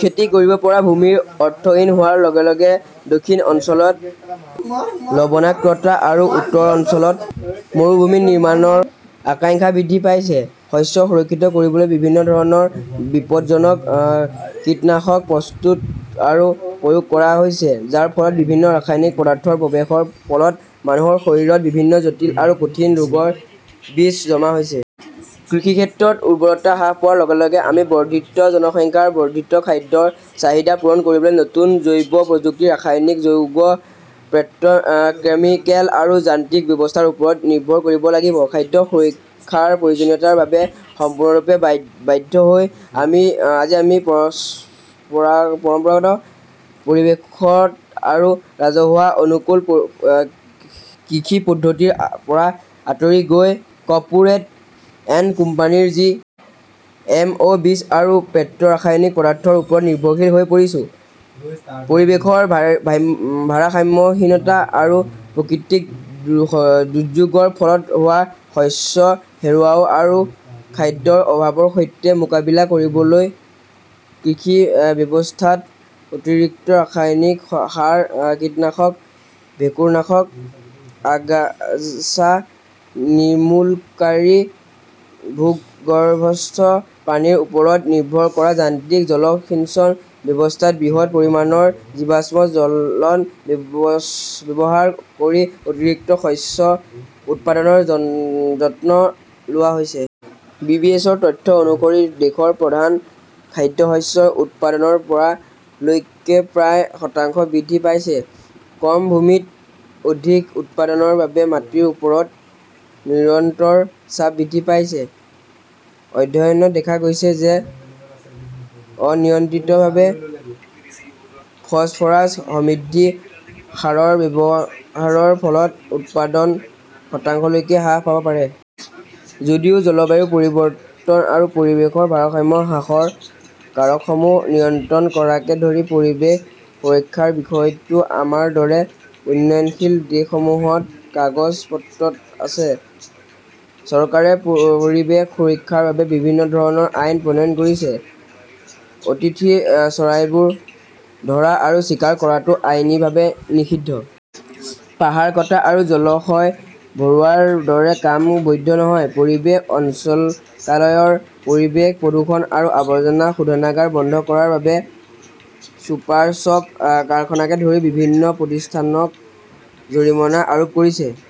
খেতি কৰিব পৰা ভূমিৰ অৰ্থহীন হোৱাৰ লগে লগে দক্ষিণ অঞ্চলত লবণাক্ততা আৰু উত্তৰ অঞ্চলত মৰুভূমি নিৰ্মাণৰ আশংকা বৃদ্ধি পাইছে। শস্য সুৰক্ষিত কৰিবলৈ বিভিন্ন ধৰণৰ বিপদজনক কীটনাশক প্ৰস্তুত আৰু প্ৰয়োগ কৰা হৈছে, যাৰ ফলত বিভিন্ন ৰাসায়নিক পদাৰ্থৰ প্ৰৱেশৰ ফলত মানুহৰ শৰীৰত বিভিন্ন জটিল আৰু কঠিন ৰোগৰ বীজ জমা হৈছে। কৃষিক্ষেত্ৰৰ উৰ্বৰতা হ্ৰাস পোৱাৰ লগে লগে আমি বৰ্ধিত জনসংখ্যাৰ বৰ্ধিত খাদ্যৰ চাহিদা পূৰণ কৰিবলৈ নতুন জৈৱ প্ৰযুক্তি, ৰাসায়নিক যৌগ, পেট্ৰʼকেমিকেল আৰু যান্ত্ৰিক ব্যৱস্থাৰ ওপৰত নিৰ্ভৰ কৰিব লাগিব। খাদ্য সুৰক্ষাৰ প্ৰয়োজনীয়তাৰ বাবে সম্পূৰ্ণৰূপে বাধ্য হৈ, আজি আমি পৰম্পৰাগত, পৰিৱেশগত আৰু ৰাজহুৱা-অনুকূল কৃষি পদ্ধতিৰ পৰা আঁতৰি গৈ কৰ্পোৰেট এগ্ৰ 'কোম্পানীৰ জি. এম. অ'. বীজ আৰু পেট্ৰʼৰাসায়নিক পদাৰ্থৰ ওপৰত নিৰ্ভৰশীল হৈ পৰিছো। পৰিৱেশৰ ভাৰসাম্যহীনতা আৰু প্ৰাকৃতিক দুৰ্যোগৰ ফলত হোৱা শস্য হেৰুওৱা আৰু খাদ্যৰ অভাৱৰ সৈতে মোকাবিলা কৰিবলৈ কৃষি ব্যৱস্থাত অতিৰিক্ত ৰাসায়নিক সাৰ, কীটনাশক, ভেঁকুৰনাশক, আগাছা নিৰ্মূলকাৰী, ভূগৰ্ভস্থ পানীৰ ওপৰত নিৰ্ভৰ কৰা যান্ত্ৰিক জলসিঞ্চন ব্যৱস্থাত বৃহৎ পৰিমাণৰ জীৱাশ্ম জ্বলন ব্যৱহাৰ কৰি অতিৰিক্ত শস্য উৎপাদনৰ যত্ন লোৱা হৈছে। বিবিএছৰ তথ্য অনুসৰি, দেশৰ প্ৰধান খাদ্যশস্যৰ উৎপাদন ৰ পৰা লৈকে প্ৰায় শতাংশ বৃদ্ধি পাইছে। কম ভূমিত অধিক উৎপাদনৰ বাবে মাটিৰ ওপৰত নিৰন্তৰ চাপ বৃদ্ধি পাইছে। অধ্যয়নত দেখা গৈছে যে অনিয়ন্ত্ৰিতভাৱে ফছফৰাছ সমৃদ্ধ সাৰৰ ব্যৱহাৰৰ ফলত উৎপাদন শতাংশলৈকে হ্ৰাস পাব পাৰে। যদিও জলবায়ু পৰিৱৰ্তন আৰু পৰিৱেশৰ ভাৰসাম্য হ্ৰাসৰ কাৰকসমূহ নিয়ন্ত্ৰণ কৰাকে ধৰি পৰিৱেশ সুৰক্ষাৰ বিষয়টো আমাৰ দৰে উন্নয়নশীল দেশসমূহত কাগজ-পত্ৰত আছে। চৰকাৰে পৰিৱেশ সুৰক্ষাৰ বাবে বিভিন্ন ধৰণৰ আইন প্ৰণয়ন কৰিছে। অতিথি চৰাইবোৰ ধৰা আৰু চিকাৰ কৰাটো আইনীভাৱে নিষিদ্ধ। পাহাৰ কটা আৰু জলাশয় ভৰোৱাৰ দৰে কাম বৈধ নহয়। পৰিৱেশ সঞ্চালকালয়ই পৰিৱেশ প্ৰদূষণ আৰু আৱৰ্জনা শোধনাগাৰ বন্ধ কৰাৰ বাবে চুপাৰশ্বপ, কাৰখানাকে ধৰি বিভিন্ন প্ৰতিষ্ঠানক জৰিমনা আৰোপ কৰিছে।